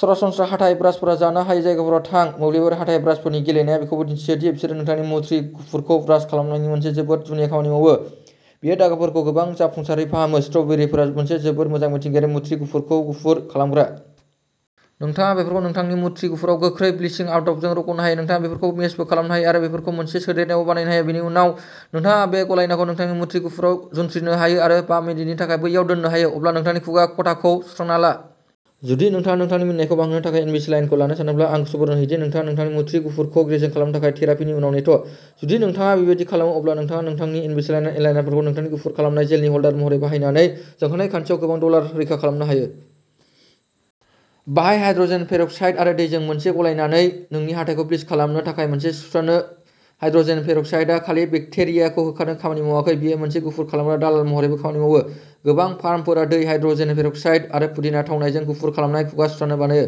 सरासनस्रा हाथाइ ब्रासफोरा जानो हायै जायगाफोराव थां। मोब्लिबारि हाथाइ ब्रासफोरनि गेलेनाया बेखौबो दिन्थियो दि बिसोरो नोंथांनि मुथ्रि गुफुरखौ ब्रास खालामनायनि मोनसे जोबोद जुनिया खामानि मावो। बेयो दागोफोरखौ गोबां जाफुंसारै फाहामो। स्ट्र'बेरिफोरा मोनसे जोबोद मोजां मिथिंगायारि मुथ्रि गुफुरखौ गुफुर खालामग्रा। नोंथाङा बेफोरखौ नोंथांनि मुथ्रि गुफुराव गोख्रै ब्लिचिं आदबजों रग'नो हायो। नोंथाङा बेफोरखौ मेसबो खालामनो हायो आरो बेफोरखौ मोनसे सोदेरनायावबो बानायनो हायो। बेनि उनाव नोंथाङा बे गलायनायखौ नोंथांनि मुथ्रि गुफुराव जुन्थ्रिनो हायो आरो बा मिनिटनि थाखाय बैयाव दोननो हायो, अब्ला नोंथांनि खुगा ख'थाखौ सुस्रांना ला। जुदि नोंथाङा नोंथांनि मिनिनायखौ बांहोनो थाखाय इनविसालाइनखौ लानो सानदोंब्ला, आं सुबुरुन होयो दि नोंथाङा नोंथांनि मुथ्रि गुफुरखौ रेजें खालामनो थाखाय थेरापिनि उनाव नेथ'। जुदि नोंथाङा बेबादि खालामो, अब्ला नोंथाङा नोंथांनि इनभिसालाइन एलाइनारफोरखौ नोंथांनि गुफुर खालामनाय जेलनि ह'ल्डार महरै बाहायनानै जोंखांनाय खान्थियाव गोबां डलार रैखा खालामनो हायो। बाहाय हाइड्र'जेन पेर'क्साइड आरो दैजों मोनसे गलायनानै नोंनि हाथाइखौ ब्लिच खालामनो थाखाय मोनसे सुस्रानो। हाइड्र'जेन पेर'क्साइडआ खालि बेक्टेरियाखौ होखारनो खामानि मावाखै, बेयो मोनसे गुफुर खालामग्रा दालाल महरैबो खामानि मावो। गोबां फार्मफोरा दै, हाइड्र'जेन पेर'क्साइड आरो पुदिना थावनायजों गुफुर खालामनाय खुगा सुस्रानो बानायो।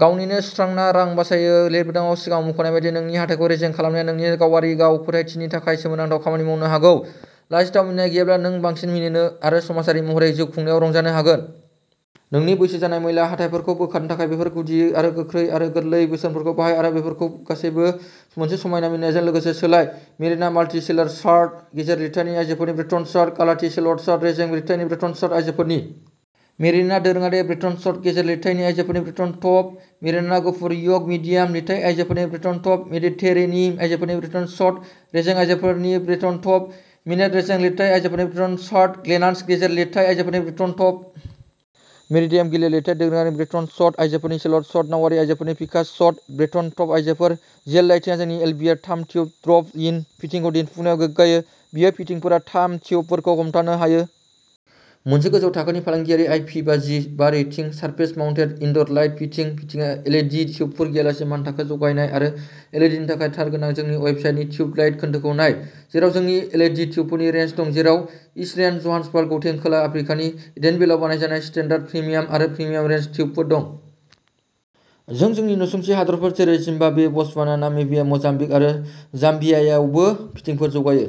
गावनिनो सुस्रांना रां बासायो। लिरबिदांआव सिगाङाव मुंख'नाय बायदि, नोंनि हाथाइखौ रेजें खालामनाया नोंनि गावारि गाव फोथायथिनि थाखाय सोमोनांथाव खामानि मावनो हागौ। लाजिथाव मिनिनाय गैयाब्ला, नों बांसिन मिनिनो आरो समाजारि महरै जिउ खुंनायाव रंजानो हागोन। नोंनि बैसो जानाय, मैला हाथाइफोरखौ बोखारनो थाखाय बेफोर गुदि आरो गोख्रै आरो गोरलै बोसोनफोरखौ बाहाय आरो बेफोरखौ गासैबो मोनसे समायना मिनिनायजों लोगोसे सोलाय। मेरिना माल्टि सेलर शार्ट, गेजेर लिरथायनि आयजोफोरनि ब्रेटन शर्ट। गालाथि सेलर शर्ट, रेजें लिरथायनि ब्रेटन शर्ट आयजोफोरनि। मेरिना दोरोङारि ब्रेटन शर्ट, गेजेर लिरथायनि आयजोफोरनि ब्रेटन टप। मेरिना गुफुर य'क मिडियाम। लिरथाय आयजोफोरनि ब्रेटन टप। मेडिटेरेनी आयजोफोरनि ब्रेटन शार्ट, रेजें आयजोफोरनि ब्रेटन टप। मिनेट रेजें लिरथाय आयजोफोरनि ब्रेटन शर्ट। ग्लेनान्स गेजेर लिरथाय आयजोफोरनि ब्रेटन टप। मेरिडाम गिलिर लिरथाय दोरोङारि ब्रेटन शर्ट, आयजोफोरनि सेलर शर्ट। नावारि आयजोफोरनि पिकास' शर्ट, ब्रेटन टप आयजोफोर। जिएल लाइटिंआ जोंनि एलबिआर थाम ट्युब ड्रप इन फिटिंखौ दिन्थिफुंनायाव गोग्गायो। बेफोर फिटिंफोरा थाम ट्युबफोरखौ हमथानो हायो। मोनसे गोजौ थाखोनि फालांगियारि, आइपि बाजि बा rating, surface mounted indoor light fitting. फिटिंआ एलइडि ट्युबफोर गैयालासे मानथाखो जगायनाय आरो एलइडिनि थाखाय तार गोनां। जोंनि वेबसाइटनि ट्युब लाइट खोन्दोखौ नाय जेराव जोंनि एलइडि ट्युबफोरनि रेन्ज दं जेराव इस्ट रेन्ड, जोहान्सबार्ग, गौतें, खोला आफ्रिकानि इडेनभेलआव बानायजानाय स्टान्डार्ड, प्रिमियाम आरो प्रिमियाम रेन्ज ट्युबफोर दं। जों जोंनि नसुंसे हादोरफोर जेरै जिम्बाब्वे, बत्सवाना, नामिबिया, मोजाम्बिक आरो जाम्बियायावबो फिटिंफोर जगायो।